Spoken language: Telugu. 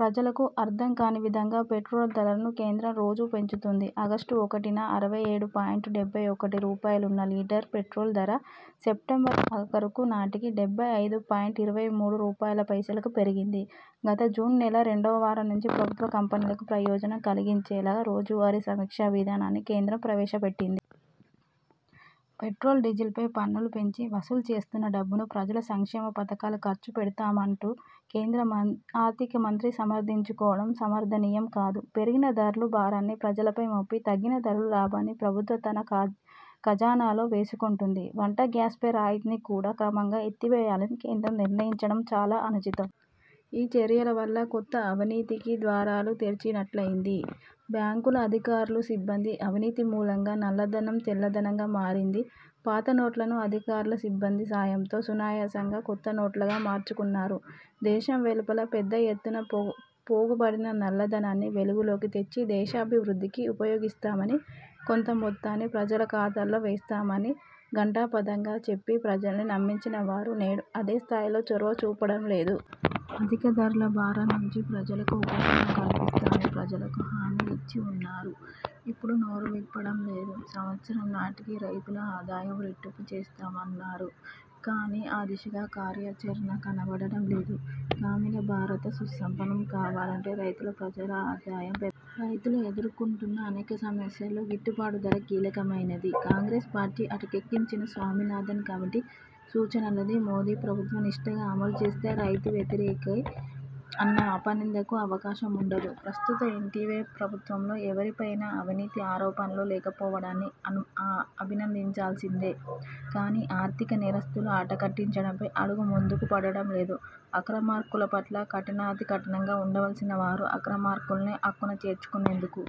ప్రజలకు అర్థంకాని విధంగా పెట్రోల్ ధరలను కేంద్రం రోజూ పెంచుతోంది. ఆగస్టు ఒకటిన అరవై ఏడు పాయింట్ డెబ్బై ఒకటి రూపాయలుఉన్న లీటర్ పెట్రోల్ ధర సెప్టెంబర్ ఆఖరుకు నాటికి డెబ్బై ఐదు పాయింట్ ఇరవై మూడు రూపాయలు పైసలకి పెరిగింది. గత జూన్ నెల రెండవ వారం నుంచి ప్రభుత్వ కంపెనీలకు ప్రయోజనం కలిగించేలా రోజువారీ సమీక్ష విధానాన్ని కేంద్రం ప్రవేశపెట్టింది. పెట్రోల్, డీజిల్ పై పన్నులు పెంచి వసూలు చేస్తున్న డబ్బును ప్రజల సంక్షేమ పథకాలకు ఖర్చు పెడుతామంటూ కేంద్ర ఆర్థిక మంత్రి సమర్థించుకోవడం సమర్థనీయం కాదు. పెరిగిన ధరలు భారాన్ని ప్రజలపై మోపి తగ్గిన ధరల లాభాన్ని ప్రభుత్వం తన ఖ ఖజానాలో వేసుకొంటుంది. వంట గ్యాస్పై రాయితీని కూడా క్రమంగా ఎత్తివేయాలని కేంద్రం నిర్ణయించడం చాలా అనుచితం. ఈ చర్యల వల్ల కొత్త అవినీతికి ద్వారాలు తెరిచినట్లయింది. బ్యాంకుల అధికారులు, సిబ్బంది అవినీతి మూలంగా నల్లధనం తెల్లధనంగా మారింది. పాతనోట్లను అధికారులు సిబ్బంది సాయంతో సునాయాసంగా కొత్త నోట్లుగా మార్చుకున్నారు. దేశం వెలుపల పెద్ద ఎత్తున పోగుబడిన నల్లధనాన్ని వెలుగులోకి తెచ్చి దేశాభివృద్ధికి ఉపయోగిస్తామని, కొంత మొత్తాన్ని ప్రజల ఖాతాల్లో వేస్తామని ఘంటాపథంగా చెప్పి ప్రజల్ని నమ్మించినవారు నేడు అదే స్థాయిలో చొరవ చూపడంలేదు. అధిక ధరల భారం నుంచి ప్రజలకు ఉపశమనం కల్పిస్తామని ప్రజలకు హామీ ఇచ్చి ఉన్నారు. ఇప్పుడు నోరు విప్పడం లేదు. సంవత్సరం నాటికి రైతుల ఆదాయాలు రెట్టింపు చేస్తామన్నారు. కానీ ఆ దిశగా కార్యాచరణ కనపడటంలేదు. గ్రామీణ భారతం సుసంపన్నం కావాలంటే రైతుల, ప్రజల ఆదాయం పెరగా రైతులు ఎదుర్కొంటున్న అనేక సమస్యల్లో గిట్టుబాటు ధర కీలకమైనది. కాంగ్రెస్ పార్టీ అటకెక్కించిన స్వామినాథన్ కమిటీ సూచనలని మోదీ ప్రభుత్వం నిష్ఠగా అమలుచేస్తే రైతు వ్యతిరేకి అన్న అపనిందకు అవకాశముండదు. ప్రస్తుత ఎన్డీఏ ప్రభుత్వంలో ఎవరిపైనా అవినీతి ఆరోపణలు లేకపోవడాన్ని అను ఆ అభినందించాల్సిందే. కానీ ఆర్థికనేరస్థుల ఆటకట్టించడంపై అడుగు ముందుకు పడటంలేదు. అక్రమార్కులపట్ల కఠినాతి కఠినంగా ఉండవలసినవారు అక్రమార్కులను అక్కున చేర్చుకునేందుకు